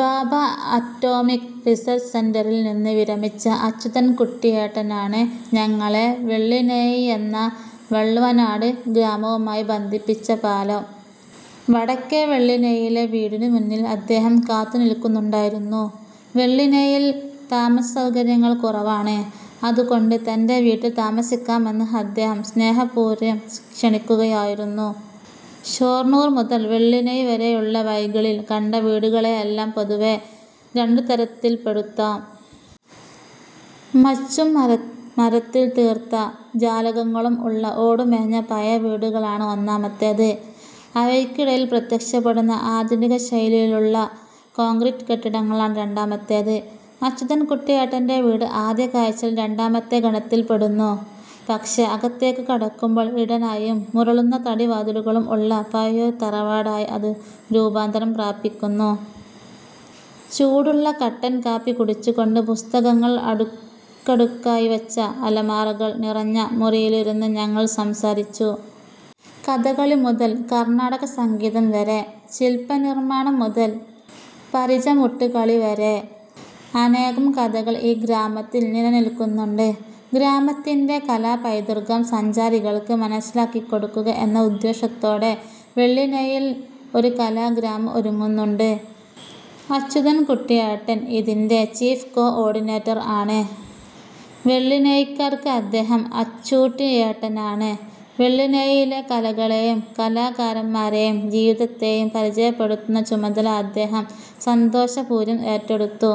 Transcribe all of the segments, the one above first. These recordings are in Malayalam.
ഭാഭ അറ്റോമിക് റിസര്ച്ച് സെന്ററില് നിന്ന് വിരമിച്ച അച്യുതന്കുട്ടിയേട്ടനാണ് ഞങ്ങളെ വെള്ളിനേഴിയെന്ന വള്ളുവനാടന് ഗ്രാമവുമായി ബന്ധിപ്പിച്ച പാലം. വടക്കേ വെള്ളിനേഴിയിലെ വീടിനു മുന്നില് അദ്ദേഹം കാത്തുനില്ക്കുന്നുണ്ടായിരുന്നു. വെള്ളിനേഴിയില് താമസസൗകര്യങ്ങള് കുറവാണ്. അതുകൊണ്ട് തന്റെ വീട്ടില് താമസിക്കാമെന്ന് അദ്ദേഹം സ്നേഹപൂര്വം ക്ഷണിക്കുകയായിരുന്നു. ഷൊര്ണൂര് മുതല് വെള്ളിനേഴിവരെയുള്ള വഴികളില് കണ്ട വീടുകളെയെല്ലാം പൊതുവേ രണ്ടുതരത്തില്പ്പെടുത്താം. മച്ചും മരത്തില് തീര്ത്ത ജാലകങ്ങളും ഉള്ള ഓടുമേഞ്ഞ പഴയവീടുകളാണ് ഒന്നാമത്തെത്. അവയ്ക്കിടയില് പ്രത്യക്ഷപ്പെടുന്ന ആധുനികശൈലിയിലുള്ള കോണ്ക്രീറ്റ് കെട്ടിടങ്ങളാണ് രണ്ടാമത്തെത്. അച്യുതന്കുട്ടിയേട്ടന്റെ വീട് ആദ്യ കാഴ്ചയില് രണ്ടാമത്തെ ഗണത്തില്പ്പെടുന്നു. പക്ഷേ, അകത്തേക്ക് കടക്കുമ്പോള് ഇടനാഴിയും മുരളുന്ന തടി വാതിലുകളും ഉള്ള പഴയൊരു തറവാടായി അത് രൂപാന്തരം പ്രാപിക്കുന്നു. ചൂടുള്ള കട്ടന്കാപ്പി കുടിച്ചുകൊണ്ട് പുസ്തകങ്ങള് അടുക്കടുക്കായിവെച്ച അലമാരകള് നിറഞ്ഞ മുറിയിലിരുന്ന് ഞങ്ങള് സംസാരിച്ചു. കഥകളിമുതല് കര്ണാടകസംഗീതംവരെ, ശില്പനിര്മാണംമുതല് പരിചമുട്ടുകളിവരെ അനേകം കലകള് ഈ ഗ്രാമത്തില് നിലനില്ക്കുന്നുണ്ട്. ഗ്രാമത്തിന്റെ കലാപൈതൃകം സഞ്ചാരികള്ക്ക് മനസ്സിലാക്കികൊടുക്കുക എന്ന ഉദ്ദേശ്യത്തോടെ വെള്ളിനേഴിയില് ഒരു കലാഗ്രാമം ഒരുങ്ങുന്നുണ്ട്. അച്യുതന്കുട്ടിയേട്ടന് ഇതിന്റെ ചീഫ് കോ ഓഡിനേറ്റര് ആണ്. വെള്ളിനേഴിക്കാര്ക്ക് അദ്ദേഹം അച്ചൂട്ടിയേട്ടനാണ്. വെള്ളിനേഴിയിലെ കലകളെയും കലാകാരന്മാരെയും ജീവിതത്തെയും പരിചയപ്പെടുത്തുന്ന ചുമതല അദ്ദേഹം സന്തോഷപൂര്വം ഏറ്റെടുത്തു.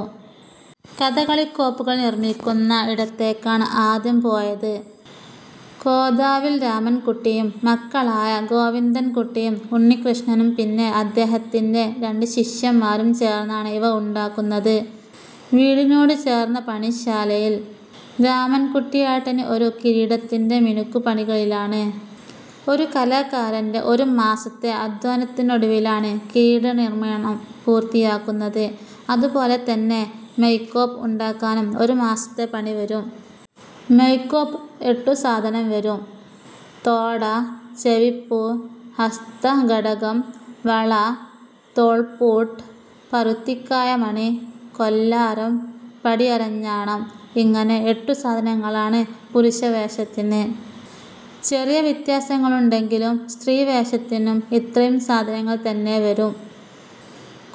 കഥകളിക്കോപ്പുകള് നിര്മിക്കുന്ന ഇടത്തേക്കാണ് ആദ്യം പോയത്. കോതാവില് രാമന്കുട്ടിയും മക്കളായ ഗോവിന്ദന്കുട്ടിയും ഉണ്ണികൃഷ്ണനും പിന്നെ അദേഹത്തിന്റെ രണ്ടുശിഷ്യന്മാരും ചേര്ന്നാണ് ഇവ ഉണ്ടാക്കുന്നത്. വീടിനോടു ചേര്ന്ന പണിശാലയില് രാമന്കുട്ടിയേട്ടന് ഒരു കിരീടത്തിന്റെ മിനുക്കുപണികളിലാണ്. ഒരു കലാകാരന്റെ ഒരു മാസത്തെ അധ്വാനത്തിനൊടുവിലാണ് കിരീടനിര്മാണം പൂര്ത്തിയാകുന്നത്. അതുപോലെതന്നെ മെയ്ക്കോപ്പ് ഉണ്ടാക്കാനും ഒരു മാസത്തെ പണിവരും. മെയ്ക്കോപ്പ് എട്ടു സാധനം വരും. തോട, ചെവിപ്പൂവ്, ഹസ്തകടകം, വള, തോള്പ്പൂട്ട്, പരുത്തിക്കായമണി, കൊല്ലാരം, പടിയരഞ്ഞാണം. ഇങ്ങനെ എട്ടുസാധനങ്ങളാണ് പുരുഷവേഷത്തിന്. ചെറിയ വ്യത്യാസങ്ങളുണ്ടെങ്കിലും സ്ത്രീവേഷത്തിനും ഇത്രയും സാധനങ്ങള് തന്നെ വരും.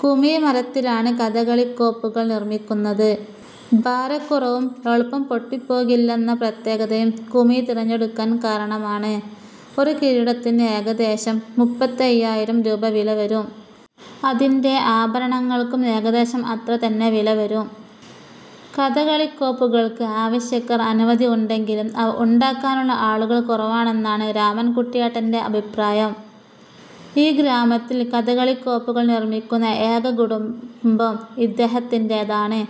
കുമിഴ് മരത്തിലാണ് കഥകളിക്കോപ്പുകള് നിര്മിക്കുന്നത്. ഭാരക്കുറവും എളുപ്പം പൊട്ടിപ്പോകില്ലെന്ന പ്രത്യേകതയും കുമിഴ് തിരഞ്ഞെടുക്കാന് കാരണമാണ്. ഒരു കിരീടത്തിന് ഏകദേശം മുപ്പത്തയ്യായിരം രൂപ വില വരും. അതിന്റെ ആഭരണങ്ങള്ക്കും ഏകദേശം അത്ര തന്നെ വിലവരും. കഥകളിക്കോപ്പുകള്ക്ക് ആവശ്യക്കാര് അനവധി ഉണ്ടെങ്കിലും അവ ഉണ്ടാക്കാനുള്ള ആളുകള് കുറവാണെന്നാണ് രാമന്കുട്ടിയേട്ടന്റെ അഭിപ്രായം. ഈ ഗ്രാമത്തില് കഥകളിക്കോപ്പുകള് നിര്മിക്കുന്ന ഏക കുടുംബം ഇദ്ദേഹത്തിന്റെതാണ്.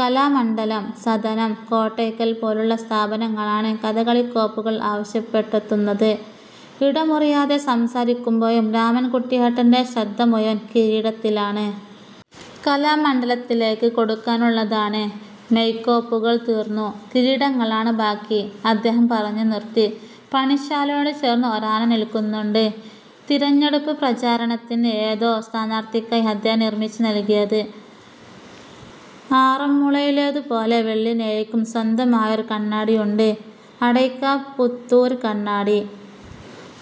കലാമണ്ഡലം, സദനം, കോട്ടയ്ക്കല് പോലുള്ള സ്ഥാപനങ്ങളാണ് കഥകളിക്കോപ്പുകള് ആവശ്യപ്പെട്ടെത്തുന്നത്. ഇടമുറിയാതെ സംസാരിക്കുമ്പോഴും രാമന്കുട്ടിയേട്ടന്റെ ശ്രദ്ധമുഴുവന് കിരീടത്തിലാണ്. കലാമണ്ഡലത്തിലേക്ക് കൊടുക്കാനുള്ളതാണ്, മെയ്ക്കോപ്പുകള് തീര്ന്നു, കിരീടങ്ങളാണ് ബാക്കിഅദ്ദേഹം പറഞ്ഞുനിര്ത്തി. പണിശാലയോടു ചേര്ന്ന് ഒരാന നില്ക്കുന്നുണ്ട്. തിരഞ്ഞെടുപ്പ് പ്രചാരണത്തിന് ഏതോ സ്ഥാനാര്ഥിക്കായി അദ്ദേഹം നിര്മിച്ചു നല്കിയത്. ആറന്മുളയിലേതുപോലെ വെള്ളിനേഴിക്കും സ്വന്തമായൊരു കണ്ണാടിയുണ്ട്. അടയ്ക്കാപുത്തൂര് കണ്ണാടി.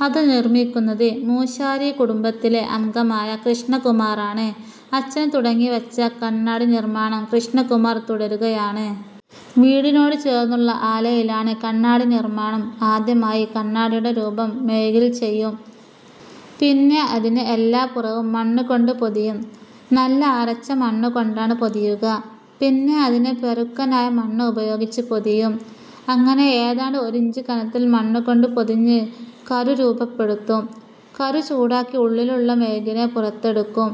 അത് നിര്മിക്കുന്നത് മൂശാരി കുടുംബത്തിലെ അംഗമായ കൃഷ്ണകുമാറാണ്. അച്ഛന് തുടങ്ങിവെച്ച കണ്ണാടിനിര്മാണം കൃഷ്ണകുമാര് തുടരുകയാണ്. വീടിനോടു ചേര്ന്നുള്ള ആലയിലാണ് കണ്ണാടിനിര്മാണം. ആദ്യമായി കണ്ണാടിയുടെ രൂപം മെഴുകില് ചെയ്യും. പിന്നെ അതിനെ എല്ലാപുറവും മണ്ണുകൊണ്ട് പൊതിയും. നല്ല അരച്ച മണ്ണുകൊണ്ടാണ് പൊതിയുക. പിന്നെ അതിനെ പരുക്കനായ മണ്ണ് ഉപയോഗിച്ച് പൊതിയും. അങ്ങനെ ഏതാണ്ട് ഒരിഞ്ച് കനത്തില് മണ്ണുകൊണ്ട് പൊതിഞ്ഞ് കരു രൂപപ്പെടുത്തും. കരു ചൂടാക്കി ഉള്ളിലുള്ള മെഴുകിനെ പുറത്തെടുക്കും.